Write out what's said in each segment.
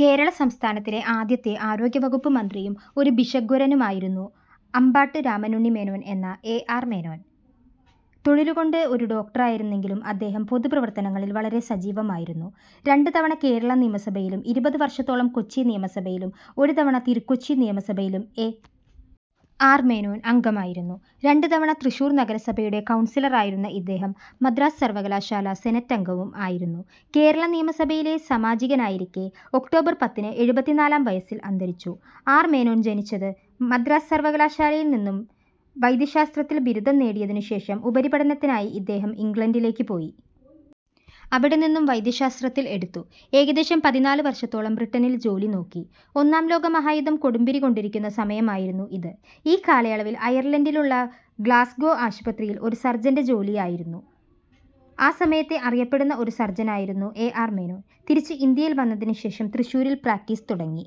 കേരള സംസ്ഥാനത്തിലെ ആദ്യത്തെ ആരോഗ്യവകുപ്പ് മന്ത്രിയും ഒരു ഭിഷഗ്വരനുമായിരുന്നു അമ്പാട്ട് രാമനുണ്ണി മേനോൻ എന്ന എ. ആർ. മേനോൻ. തൊഴിലുകൊണ്ട് ഒരു ഡോക്ടറായിരുന്നെങ്കിലും അദ്ദേഹം പൊതു പ്രവർത്തനങ്ങളിൽ വളരെ സജീവമായിരുന്നു. രണ്ട് തവണ കേരള നിയമസഭയിലും ഇരുപത് വർഷത്തോളം കൊച്ചിനിയമസഭയിലും, ഒരു തവണ തിരുക്കൊച്ചി നിയമസഭയിലും എ. ആർ. മേനോൻ അംഗമായിരുന്നു. രണ്ട് തവണ തൃശൂർ നഗരസഭയുടെ കൗൺസിലറായിരുന്ന ഇദ്ദേഹം മദ്രാസ് സർവകലാശാലാ സെനറ്റംഗവും ആയിരുന്നു. കേരള നിയമസഭയിലെ സമാജികനായിരിക്കെ ഒക്ടോബർ പത്തിന് എഴുപത്തിനാലാം വയസ്സിൽ അന്തരിച്ചു. ആർ. മേനോൻ ജനിച്ചത്. മദ്രാസ് സർവകാലാശാലയിൽ നിന്നും വൈദ്യശാസ്ത്രത്തിൽ ബിരുദം നേടിയതിനു ശേഷം ഉപരിപഠനത്തിനായി ഇദ്ദേഹം ഇംഗ്ലണ്ടിലേക്ക് പോയി. അവിടെ നിന്നും വൈദ്യശാത്രത്തിൽ, എടുത്തു, ഏകദേശം പതിനാല് വർഷത്തോളം ബ്രിട്ടനിൽ ജോലിനോക്കി. ഒന്നാം ലോകമഹായുദ്ധം കൊടുമ്പിരിക്കൊണ്ടിരിക്കുന്ന സമയമായിരുന്നു ഇത്. ഈ കാലയളവിൽ അയർലന്റിലുള്ള ഗ്ലാസ്ഗോ ആശുപതിയിൽ ഒരു സർജന്റെ ജോലിയായിരുന്നു. ആ സമയത്തെ അറിയപ്പെടുന്ന ഒരു സർജനായിരുന്നു എ. ആർ. മേനോൻ. തിരിച്ച് ഇന്ത്യയിൽ വന്നതിനു ശേഷം തൃശ്ശൂരിൽ പ്രാക്ടീസ് തുടങ്ങി.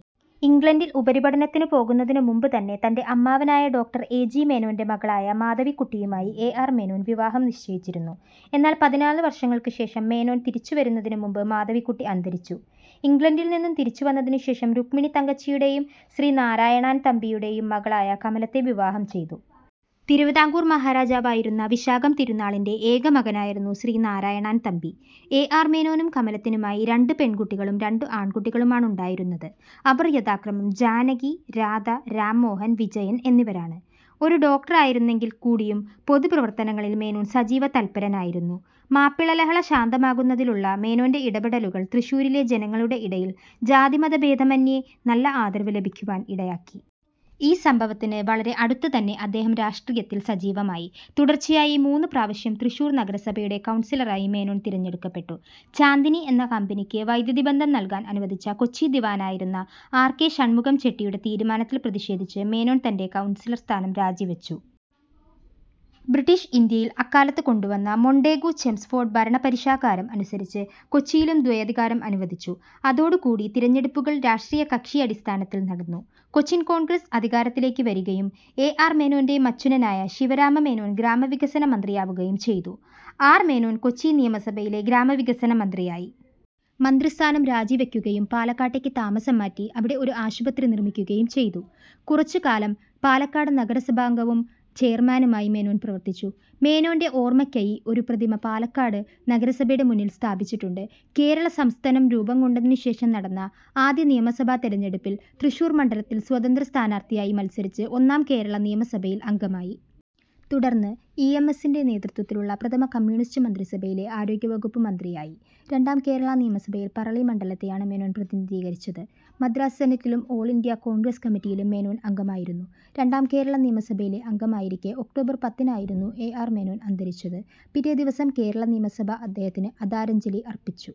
ഇംഗ്ലണ്ടിൽ ഉപരിപഠനത്തിനു പോകുന്നതിനു മുൻപ് തന്നെ തന്റെ അമ്മാവനായ ഡോ. എ. ജി. മേനോന്റെ മകളായ മാധവിക്കുട്ടിയുമായി എ. ആർ. മേനോൻ വിവാഹം നിശ്ചയിച്ചിരുന്നു. എന്നാൽ പതിനാല് വർഷങ്ങൾക്ക് ശേഷം മേനോൻ തിരിച്ചു വരുന്നതിനു മുൻപ് മാധവിക്കുട്ടി അന്തരിച്ചു. ഇംഗ്ലണ്ടിൽ നിന്നും തിരിച്ചു വന്നതിനു ശേഷം രുക്മിണി തങ്കച്ചിയുടെയും ശ്രീ നാരായണാൻ തമ്പിയുടേയും മകളായ കമലത്തെ വിവാഹം ചെയ്തു. തിരുവിതാംകൂർ മഹാരാജാവായിരുന്ന വിശാഖം തിരുനാളിന്റെ ഏകമകനായിരുന്നു ശ്രീ നാരായണാൻ തമ്പി. എ. ആർ. മേനോനും കമലത്തിനുമായി രണ്ട് പെൺകുട്ടികളും രണ്ട് ആൺകുട്ടികളുമാണുണ്ടായിരുന്നത് അവർ യഥാക്രമം ജാനകി, രാധ, രാം മോഹൻ, വിജയൻ എന്നിവരാണ്. ഒരു ഡോക്ടറായിരുന്നെങ്കിൽ കൂടിയും പൊതു പ്രവർത്തനങ്ങളിൽ മേനോൻ സജീവ തല്പരനായിരുന്നു. മാപ്പിള ലഹള ശാന്തമാക്കുന്നതിലുള്ള മേനോന്റെ ഇടപെടലുകൾ തൃശൂരിലെ ജനങ്ങളുടെ ഇടയിൽ ജാതിമത ഭേദമെന്യേ നല്ല ആദരവ് ലഭിക്കുവാൻ ഇടയാക്കി. ഈ സംഭവത്തിന് വളരെ അടുത്ത് തന്നെ അദ്ദേഹം രാഷ്ട്രീയത്തിൽ സജീവമായി. തുടർച്ചയായി മൂന്നു പ്രാവശ്യം തൃശ്ശൂർ നഗരസഭയുടെ കൗൺസിലറായി മേനോൻ തിരഞ്ഞെടുക്കപ്പെട്ടു. ചാന്ദിനി എന്ന കമ്പനിക്ക് വൈദ്യുതിബന്ധം നൽകാൻ അനുവദിച്ച കൊച്ചി ദിവാനായിരുന്ന ആർ. കെ. ഷണ്മുഖം ചെട്ടിയുടെ തീരുമാനത്തിൽ പ്രതിഷേധിച്ച് മേനോൻ തന്റെ കൗൺസിലർ സ്ഥാനം രാജിവച്ചു. ബ്രിട്ടീഷ് ഇന്ത്യയിൽ അക്കാലത്ത് കൊണ്ടുവന്ന മൊണ്ടേഗു ചെംസ്ഫോർഡ് ഭരണപരിഷാകാരം അനുസരിച്ച് കൊച്ചിയിലും ദ്വയാധികാരം അനുവദിച്ചു. അതോടുകൂടി തിരഞ്ഞെടുപ്പുകൾ രാഷ്ട്രീയ കക്ഷിയടിസ്ഥാനത്തിൽ നടന്നു. കൊച്ചിൻ കോൺഗ്രസ്സ് അധികാരത്തിലേക്ക് വരികയും എ. ആർ. മേനോന്റെ മച്ചുനനായ ശിവരാമമേനോൻ ഗ്രാമവികസന മന്ത്രിയാവുകയും ചെയ്തു. ആർ. മേനോൻ കൊച്ചി നിയമസഭയിലെ ഗ്രാമവികസന മന്ത്രിയായി. മന്ത്രിസ്ഥാനം രാജിവയ്ക്കുകയും പാലക്കാട്ടേക്ക് താമസം മാറ്റി അവിടെ ഒരു ആശുപത്രി നിർമ്മിക്കുകയും ചെയ്തു. കുറച്ച് കാലം പാലക്കാട് നഗരസഭാംഗവും ചെയർമാനുമായി മേനോൻ പ്രവർത്തിച്ചു. മേനോന്റെ ഓർമ്മയ്ക്കയി ഒരു പ്രതിമ പാലക്കാട് നഗരസഭയുടെ മുന്നിൽ സ്ഥാപിച്ചിട്ടുണ്ട്. കേരള സംസ്ഥനം രൂപംകൊണ്ടതിനു ശേഷം നടന്ന ആദ്യ നിയമസഭാ തെരഞ്ഞെടുപ്പിൽ തൃശ്ശൂർ മണ്ഡലത്തിൽ സ്വതന്ത്ര സ്ഥാനാർത്ഥിയായി മത്സരിച്ച് ഒന്നാം കേരളനിയമസഭയിൽ അംഗമായി. തുടർന്ന് ഇ. എം. എസിന്റെ നേതൃത്വത്തിലുള്ള പ്രഥമ കമ്മ്യൂണിസ്റ്റ് മന്ത്രിസഭയിലെ ആരോഗ്യവകുപ്പ് മന്ത്രിയായി. രണ്ടാം കേരളാ നിയമസഭയിൽ പറളി മണ്ഡലത്തെയാണ് മേനോൻ പ്രതിനിധീകരിച്ചത്. മദ്രാസ് സെനറ്റിലും, ഓൾ ഇന്ത്യാ കോൺഗ്രസ് കമ്മിറ്റിയിലും മേനോൻ അംഗമായിരുന്നു. രണ്ടാം കേരളനിയമസഭയിലെ അംഗമായിരിക്കെ ഒക്ടോബർ പത്തിനായിരുന്നു എ. ആർ. മേനോൻ അന്തരിച്ചത്. പിറ്റേദിവസം കേരള നിയമസഭ അദ്ദേഹത്തിന് അദാരഞ്ജലി അർപ്പിച്ചു.